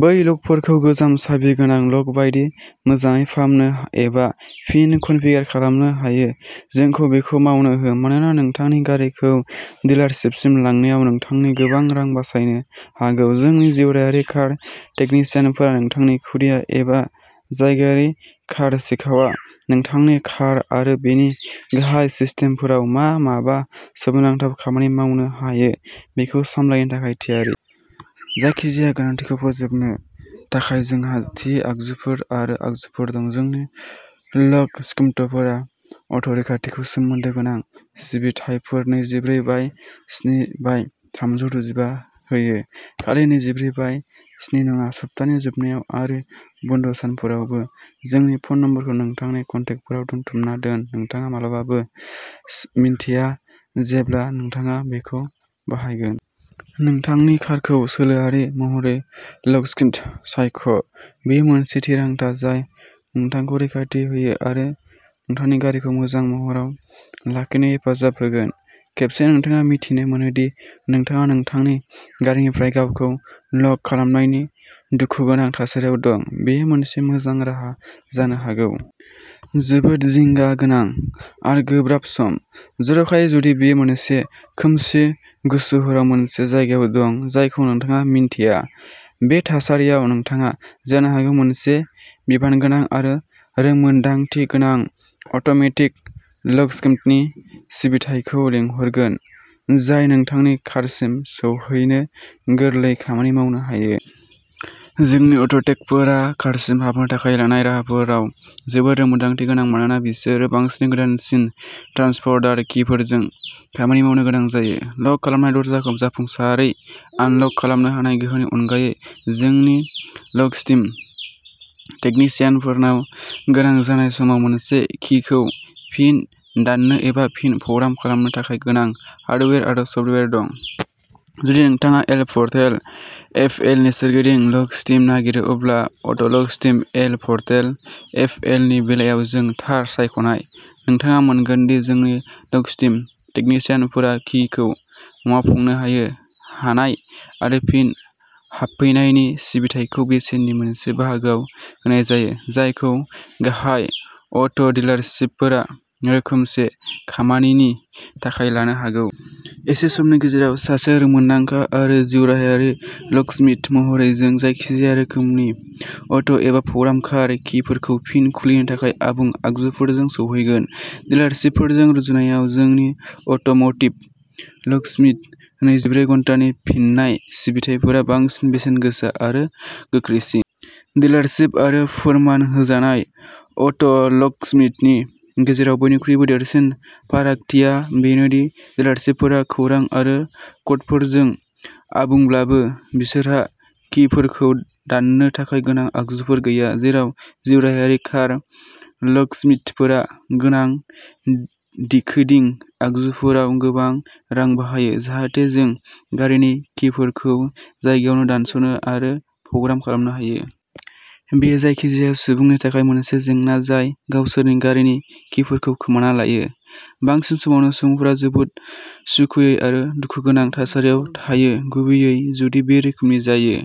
बै ल'कफोरखौ गोजाम साबि गोनां ल'क बायदि मोजाङै फाहामनो एबा फिन कनफिगार खालामनो हायो। जोंखौ बेखौ मावनो हो, मानोना नोंथांनि गारिखौ डिलारशिपसिम लांनायाव नोंथांनि गोबां रां बासायनो हागौ। जोंनि जिउराहायारि कार टेकनिशियानफोरा नोंथांनि खुदिया एबा जायगायारि कार सिखावआ नोंथांनि कार आरो बेनि गाहाय सिस्टेमफोराव मा माबा सोमोनांथाव खामानि मावनो हायो, बेखौ सामलायनो थाखाय थियारि। जायखिजाया गोनांथिखौ फोजोबनो थाखाय जोंहा थि आगजुफोर आरो आगजुफोर दं। जोंनि ल'कस्मिथफोरा अट'रैखाथिजों सोमोन्दो गोनां सिबिथाइफोर नैजिब्रै बाय स्नि बाय थामजौ द'जिबा। होयो, खालि नैजिब्रै बाय स्नि नङा, सप्तानि जोबनायाव आरो बन्द'सानफोरावबो। जोंनि फ'न नम्बरखौ नोंथांनि कन्टेकफोराव दोनथुमना दोन नोंथाङा माब्लाबाबो मिन्थिया जेब्ला नोंथाङा बेखौ बाहायगोन। नोंथांनि कारखौ सोलोआरि महरै ल'कस्मिथ सायख'। बेयो मोनसे थिरांथा जाय नोंथांखौ रैखाथि होनो आरो नोंथांनि गारिखौ मोजां महराव लाखिनो हेफाजाब होगोन। खेबसे नोंथाङा मिथिनो मोनो दि नोंथाङा नोंथांनि गारिनिफ्राय गावखौ ल'क खालामनायनि दुखुगोनां थासारियाव दं, बेयो मोनसे मोजां राहा जानो हागौ। जोबोद जिंगा गोनां आरो गोब्राब सम। जर'खायै जुदि बेयो मोनसे खोमसि गुसु हराव मोनसे जायगायाव दं जायखौ नोंथाङा मिन्थिया। बे थासारियाव, नोंथाङा जानो हागौ मोनसे बिबानगोनां आरो रोंमोन्दांथि गोनां अट'म'टिभ लकस्मिथनि सिबिथाइखौ लिंहरगोन, जाय नोंथांनि कारसिम सौहैनो गोरलै खामानि मावनो हायो। जोंनि अट'टेकफोरा कारसिम हाबनो थाखाय लानाय राहाफोराव जोबोद रोंमोन्दांथि गोनां मानोना बिसोरो बांसिनै गोदानसिन ट्रान्सपन्डार किफोरजों खामानि मावनो गोनां जायो। लक खालामनाय दरजाखौ जाफुंसारै आनलक खालामनो हानाय गोहोनि अनगायै, जोंनि लकस्मिथ टेकनिशियानफोरनाव गोनां जानाय समाव मोनसे किखौ फिन दाननो एबा फिन प्रग्राम खालामनो थाखाय गोनां हार्डवेर आरो सफ्टवेयर दं। जुदि नोंथाङा एल पर्टेल एफएलनि सोरगिदिं लकस्मिथ नागिरो, अब्ला अट'लकस्मिथ एल पर्टेल एफएलनि बेलायाव जों थार सायख'नाय। नोंथाङा मोनगोन दि जोंनि लकस्मिथ टेकनिशियानफोरा किखौ मावफुंनो हायो। हानाय आरो फिन हाबफैनायनि सिबिथाइखौ बेसेननि मोनसे बाहागोआव होनाय जायो, जायखौ गाहाय अट'डिलारशिपफोरा रोखोमसे खामानिनि थाखाय लानो हागौ। एसे समनि गेजेराव, सासे रोंमोन्दांखा आरो जिउराहायारि लकस्मिथ महरै, जों जायखिजाया रोखोमनि अट'एबा प्रग्राम कार किफोरखौ फिन खुलिनो थाखाय आबुं आगजुफोरजों सौहैगोन। डिलारशिपफोरजों रुजुनायाव, जोंनि अट'म'टिभ लकस्मिथ नैजिब्रै घन्टानि फिननाय सिबिथाइफोरा बांसिन बेसेनगोसा आरो गोख्रैसिन। डिलारशिप आरो फोरमान होजानाय अट'लकस्मिथनि गेजेराव बयनिख्रुइबो देरसिन फारागथिया बेनो दि डिलारशिपफोरा खौरां आरो क'डफोरजों आबुंब्लाबो बिसोरहा किफोरखौ दाननो थाखाय गोनां आगजुफोर गैया। जेराव जिउराहायारि कार लकस्मिथफोरा गोनां डिकोडिं आगजुफोराव गोबां रां बाहायो, जाहाथे जों गारिनि किफोरखौ जायगायावनो दानस'नो आरो प्रग्राम खालामनो हायो। बेयो जायखिजाया सुबुंनि थाखाय मोनसे जेंना जाय गावसोरनि गारिनि किफोरखौ खोमाना लायो। बांसिन समावनो सुबुंफोरा जोबोद सुखुयै आरो दुखुगोनां थासारियाव थायो गुबैयै जुदि बे रोखोमनि जायो।